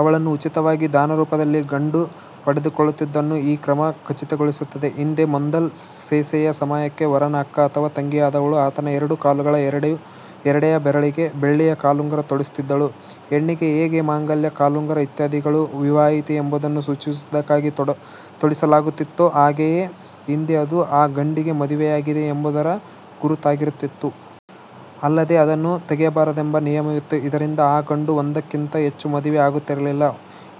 ಅವಳನ್ನು ಉಚಿತವಾಗಿ ದಾನರೂಪದಲ್ಲಿ ಗಂಡು ಪಡೆದುಕೊಳ್ಳುತ್ತಿದ್ದುದನ್ನು ಈ ಕ್ರಮ ಖಚಿತಗೊಳಿಸುತ್ತದೆ. ಹಿಂದೆ ಮೋಂದಲ್ ಸೇಸೆಯ ಸಮಯಕ್ಕೆ ವರನ ಅಕ್ಕ ಅಥವಾ ತಂಗಿಯಾದವಳು ಆತನ ಎರಡೂ ಕಾಲುಗಳ ಎರಡೆಯ ಬೆರಳಿಗೆ ಬೆಳ್ಳಿಯ ಕಾಲುಂಗುರ ತೊಡಿಸುತ್ತಿದ್ದಳು. ಹೆಣ್ಣಿಗೆ ಹೇಗೆ ಮಾಂಗಲ್ಯ, ಕಾಲುಂಗುರ ಇತ್ಯಾದಿಗಳು ವಿವಾಹಿತೆ ಎಂಬುದನ್ನು ಸೂಚಿಸುವುದಕ್ಕಾಗಿ ತೊಡಿಸಲಾಗುತ್ತಿತ್ತೋ ಹಾಗೆಯೇ ಹಿಂದೆ ಇದು ಆ ಗಂಡಿಗೆ ಮದುವೆಯಾಗಿದೆ ಎಂಬುದರ ಗುರುತಾಗಿರುತ್ತಿತ್ತು. ಅಲ್ಲದೆ ಅದನ್ನು ತೆಗೆಯಬಾರದೆಂಬ ನಿಯಮವಿತ್ತು. ಇದರಿಂದ ಆ ಗಂಡು ಒಂದಕ್ಕಿಂತ ಹೆಚ್ಚು ಮದುವೆ ಆಗುತ್ತಿರಲಿಲ್ಲ.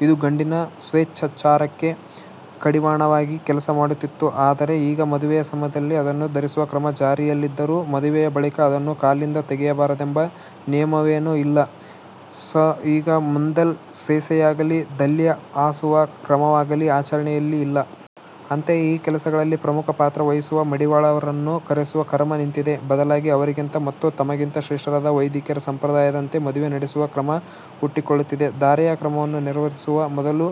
ಇದು ಗಂಡಿನ ಸ್ವೇಚ್ಚಾಚಾರಕ್ಕೆ ಕಡಿವಾಣವಾಗಿ ಕೆಲಸ ಮಾಡುತ್ತಿತ್ತು. ಆದರೆ ಈಗ ಮದುವೆಯ ಸಮಯದಲ್ಲಿ ಅದನ್ನು ಧರಿಸುವ ಕ್ರಮ ಜಾರಿಯಲ್ಲಿದ್ದರೂ ಮದುವೆಯ ಬಳಿಕ ಅದನ್ನು ಕಾಲಿನಿಂದ ತೆಗೆಯಬಾರದೆಂಬ ನಿಯಮವೇನೂ ಇಲ್ಲ. ಸ ಈಗ ಮೋಂದೆಲ್ ಸೇಸೆಯಾಗಲೀ ದಲ್ಯ ಹಾಸುವ ಕ್ರಮವಾಗಲೀ ಆಚರಣೆಯಲ್ಲಿ ಇಲ್ಲ. ಅಂತೆಯೇ ಈ ಕೆಲಸಗಳಲ್ಲಿ ಪ್ರಮುಖ ಪಾತ್ರ ವಹಿಸುವ ಮಡಿವಾಳರನ್ನು ಕರೆಸುವ ಕರಮ ನಿಂತಿದೆ. ಬದಲಾಗಿ ಅವರಿಗಿಂತ ಮತ್ತು ತಮಗಿಂತ ಶ್ರೇಷ್ಠರಾದ ವೈದಿಕರ ಸಂಪ್ರದಾಯದಂತೆ ಮದುವೆ ನಡೆಸುವ ಕ್ರಮ ಹುಟ್ಟಿಕೊಳ್ಳುತ್ತಿದೆ. ಧಾರೆಯ ಕ್ರಮವನ್ನು ನೆರೆವೇರಿಸುವ ಮೊದಲು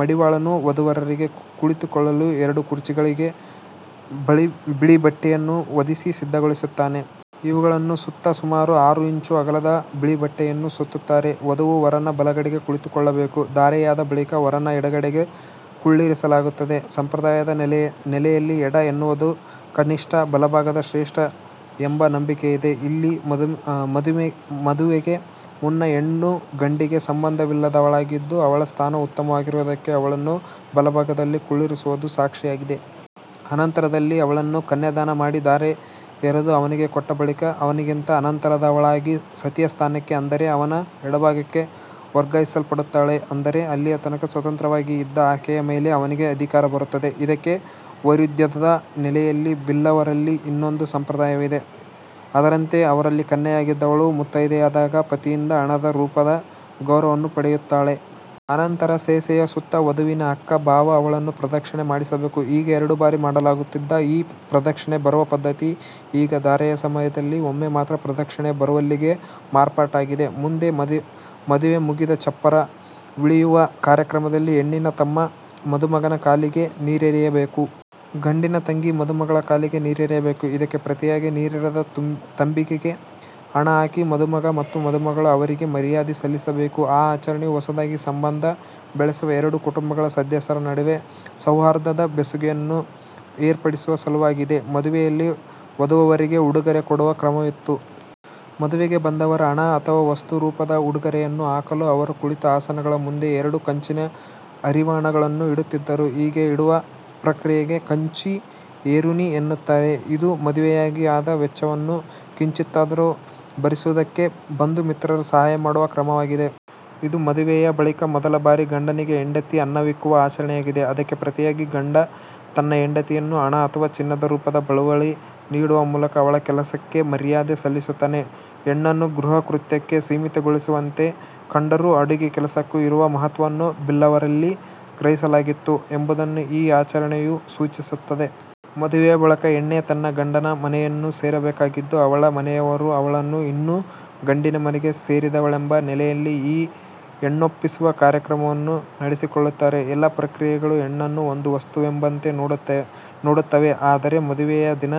ಮಡಿವಾಳನು ವಧೂವರರಿಗೆ ಕುಳಿತುಕೊಳ್ಳಲು ಎರಡು ಕುರ್ಚಿಗಳಿಗೆ ಬಿಳಿಬಟ್ಟೆಯನ್ನು ಹೊದಿಸಿ ಸಿದ್ಧಗೊಳಿಸುತ್ತಾನೆ. ಇವುಗಳ ಸುತ್ತ ಸುಮಾರು ಆರು ಇಂಚು ಅಗಲದ ಬಿಳಿಬಟ್ಟೆಯನ್ನು ಸುತ್ತುತ್ತಾರೆ. ವಧುವು ವರನ ಬಲಗಡೆಗೆ ಕುಳಿತುಕೊಳ್ಳಬೇಕು. ಧಾರೆಯಾದ ಬಳಿಕ ವರನ ಎಡಗಡೆಗೆ ಕುಳ್ಳಿರಿಸಲಾಗುತ್ತದೆ. ಸಂಪ್ರದಾಯದ ನೆಲೆಯಲ್ಲಿ ಎಡ ಎನ್ನುವುದು ಕನಿಷ್ಠ, ಬಲಭಾಗ ಶ್ರೇಷ್ಠ ಎಂಬ ನಂಬಿಕೆ ಇದೆ. ಇಲ್ಲಿ ಮದುವೆಗೆ ಮುನ್ನ ಹೆಣ್ಣು ಗಂಡಿಗೆ ಸಂಬಂಧವಿಲ್ಲದವಳಾಗಿದ್ದು, ಅವಳ ಸ್ಥಾನ ಉತ್ತಮವಾಗಿರುವುದಕ್ಕೆ ಅವಳನ್ನು ಬಲಭಾಗದಲ್ಲಿ ಕುಳ್ಳಿರಿಸುವುದು ಸಾಕ್ಷಿಯಾಗಿದೆ. ಅನಂತರದಲ್ಲಿ ಅವಳನ್ನು ಕನ್ಯಾಧಾನ ಮಾಡಿ ಧಾರೆ ಎರದು ಅವನಿಗೆ ಕೊಟ್ಟ ಬಳಿಕ ಅವನಿಗಿಂತ ಅನಂತರದವಳಾಗಿ ಸತಿಯ ಸ್ಥಾನಕ್ಕೆ ಅಂದರೆ ಅವನ ಎಡಭಾಗಕ್ಕೆ ವರ್ಗಾಯಿಸಲ್ಪಡುತ್ತಾಳೆ. ಅಂದರೆ ಅಲ್ಲಿಯತನಕ ಸ್ವತಂತ್ರವಾಗಿ ಇದ್ದ ಆಕೆಯ ಮೇಲೆ ಅವನಿಗೆ ಅಧಿಕಾರ ಬರುತ್ತದ. ಇದಕ್ಕೆ ವೈರುಧ್ಯದ ನೆಲೆಯಲ್ಲಿ ಬಿಲ್ಲವರಲ್ಲಿ ಇನ್ನೊಂದು ಸಂಪ್ರದಾಯವಿದೆ. ಅದರಂತೆ ಅವರಲ್ಲಿ ಕನ್ಯೆಯಾಗಿದ್ದವಳು ಮುತ್ತೈದೆಯಾದಾಗ ಪತಿಯಿಂದ ಹಣದ ರೂಪದ ಗೌರವವನ್ನು ಪಡೆಯುತ್ತಾಳೆ. ಅನಂತರ ಸೇಸೆಯ ಸುತ್ತ ವಧುವಿನ ಅಕ್ಕ ಭಾವ ಅವಳನ್ನು ಪ್ರದಕ್ಷಿಣೆ ಮಾಡಿಸಬೇಕು. ಹೀಗೆ ಎರಡು ಬಾರಿ ಮಾಡಲಾಗುತ್ತಿದ್ದ ಈ ಪ್ರದಕ್ಷಿಣೆ ಬರುವ ಪದ್ಧತಿ ಈಗ ಧಾರೆಯ ಸಮಯದಲ್ಲಿ ಒಮ್ಮೆ ಮಾತ್ರ ಪ್ರದಕ್ಷಿಣೆ ಬರುವಲ್ಲಿಗೆ ಮಾರ್ಪಾಟಾಗಿದೆ. ಮುಂದೆ ಮದುವೆ ಮುಗಿದು ಚಪ್ಪರವಿಳಿಯುವ ಕಾರ್ಯಕ್ರಮದಲ್ಲಿ ಹೆಣ್ಣಿನ ತಮ್ಮ ಮದುಮಗನ ಕಾಲಿಗೆ ನೀರೆರೆಯಬೇಕು. ಗಂಡಿನ ತಂಗಿ ಮದುಮಗಳ ಕಾಲಿಗೆ ನೀರೆರೆಯಬೇಕು. ಇದಕ್ಕೆ ಪ್ರತಿಯಾಗಿ ನೀರೆರೆದ ತಂಬಿಗೆಗೆ ಹಣ ಹಾಕಿ ಮದುಮಗ ಮತ್ತು ಮದುಮಗಳು ಅವರಿಗೆ ಮರ್ಯಾದೆ ಸಲ್ಲಿಸಬೇಕು. ಈ ಆಚರಣೆಯು ಹೊಸದಾಗಿ ಸಂಬಂಧ ಬೆಳೆಸುವ ಎರಡು ಕುಟುಂಬಗಳ ಸದಸ್ಯರ ನಡುವೆ ಸೌಹಾರ್ದದ ಬೆಸುಗೆಯನ್ನು ಏರ್ಪಡಿಸುವ ಸಲುವಾಗಿದೆ. ಮದುವೆಯಲ್ಲಿ ವಧೂವರರಿಗೆ ಉಡುಗೊರೆ ಕೊಡುವ ಕ್ರಮವಿತ್ತು. ಮದುವೆಗೆ ಬಂದವರು ಹಣ ಅಥವಾ ವಸ್ತು ರೂಪದ ಉಡುಗೊರೆಯನ್ನು ಹಾಕಲು ಅವರು ಕುಳಿತ ಆಸನಗಳ ಮುಂದೆ ಎರಡು ಕಂಚಿನ ಹರಿವಾಣಗಳನ್ನು ಇಡುತ್ತಿದ್ದರು. ಹೀಗೆ ಇಡುವ ಪ್ರಕ್ರಿಯೆಗೆ ಕಂಚಿ ಏರುನಿ ಎನ್ನುತ್ತಾರೆ. ಇದು ಮದುವೆಯಾಗಿ ಆದ ವೆಚ್ಚವನ್ನು ಕಿಂಚಿತ್ತಾದರೂ ಭರಿಸುವುದಕ್ಕೆ ಬಂಧು- ಮಿತ್ರರು ಸಹಾಯ ಮಾಡುವ ಕ್ರಮವಾಗಿದೆ. ಇದು ಮದುವೆಯ ಬಳಿಕ ಮೊದಲ ಬಾರಿ ಗಂಡನಿಗೆ ಹೆಂಡತಿ ಅನ್ನವಿಕ್ಕುವ ಆಚರಣೆಯಾಗಿದೆ. ಅದಕ್ಕೆ ಪ್ರತಿಯಾಗಿ ಗಂಡ ತನ್ನ ಹೆಂಡತಿಯನ್ನು ಹಣ ಅಥವಾ ಚಿನ್ನದ ರೂಪದ ಬಳುವಳಿ ನೀಡುವ ಮೂಲಕ ಅವಳ ಕೆಲಸಕ್ಕೆ ಮರ್ಯಾದೆ ಸಲ್ಲಿಸುತ್ತಾನೆ. ಹೆಣ್ಣನ್ನು ಗೃಹಕೃತ್ಯಕ್ಕೆ ಸೀಮಿತಗೊಳಿಸುವಂತೆ ಕಂಡರೂ ಅಡುಗೆ ಕೆಲಸಕ್ಕೂ ಇರುವ ಮಹತ್ವವನ್ನು ಬಿಲ್ಲವರಲ್ಲಿ ಗ್ರಹಿಸಲಾಗಿತ್ತು ಎಂಬುದನ್ನು ಈ ಆಚರಣೆಯು ಸೂಚಿಸುತ್ತದೆ. ಮದುವೆಯ ಬಳಿಕ ಹೆಣ್ಣೆ ತನ್ನ ಗಂಡನ ಮನೆಯನ್ನು ಸೇರಬೇಕಾಗಿದ್ದು, ಅವಳ ಮನೆಯವರು ಅವಳನ್ನು ಇನ್ನು ಗಂಡಿನ ಮನೆಗೆ ಸೇರಿದವಳೆಂಬ ನೆಲೆಯಲ್ಲಿ ಈ ಹೆಣ್ಣೊಪ್ಪಿಸುವ ಕಾರ್ಯಕ್ರಮವನ್ನು ನಡೆಸಿಕೊಳ್ಳುತ್ತಾರೆ. ಎಲ್ಲ ಪ್ರಕ್ರಿಯೆಗಳು ಹೆಣ್ಣನ್ನು ಒಂದು ವಸ್ತುವೆಂಬಂತೆ ನೋಡುತ್ತವೆ. ಆದರೆ ಮದುವೆಯ ದಿನ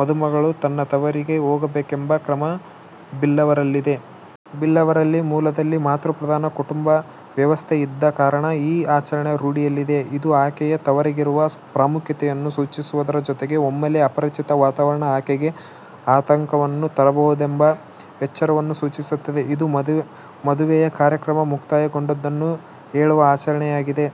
ಮದುಮಗಳು ತನ್ನ ತವರಿಗೇ ಹೋಗಬೇಕೆಂಬ ಕ್ರಮ ಬಿಲ್ಲವರಲ್ಲಿದೆ. ಬಿಲ್ಲವರಲ್ಲಿ ಮೂಲದಲ್ಲಿ ಮಾತೃಪ್ರಧಾನ ಕುಟುಂಬ ವ್ಯವಸ್ಥೆಯಿದ್ದ ಕಾರಣ ಈ ಆಚರಣೆ ರೂಢಿಯಲ್ಲಿದೆ. ಇದು ಆಕೆಯ ತವರಿಗಿರುವ ಪ್ರಾಮುಖ್ಯತೆಯನ್ನು ಸೂಚಿಸುವುದರ ಜೊತೆಗೆ ಒಮ್ಮೆಲೇ ಅಪರಿಚಿತ ವಾತಾವರಣ ಆಕೆಗೆ ಆತಂಕವನ್ನು ತರಬಹುದೆಂಬ ಎಚ್ಚರವನ್ನೂ ಸೂಚಿಸುತ್ತದೆ. ಇದು ಮದುವೆಯ ಕಾರ್ಯಕ್ರಮ ಮುಕ್ತಾಯಗೊಂಡುದನ್ನು ಹೇಳುವ ಆಚರಣೆಯಾಗಿದೆ.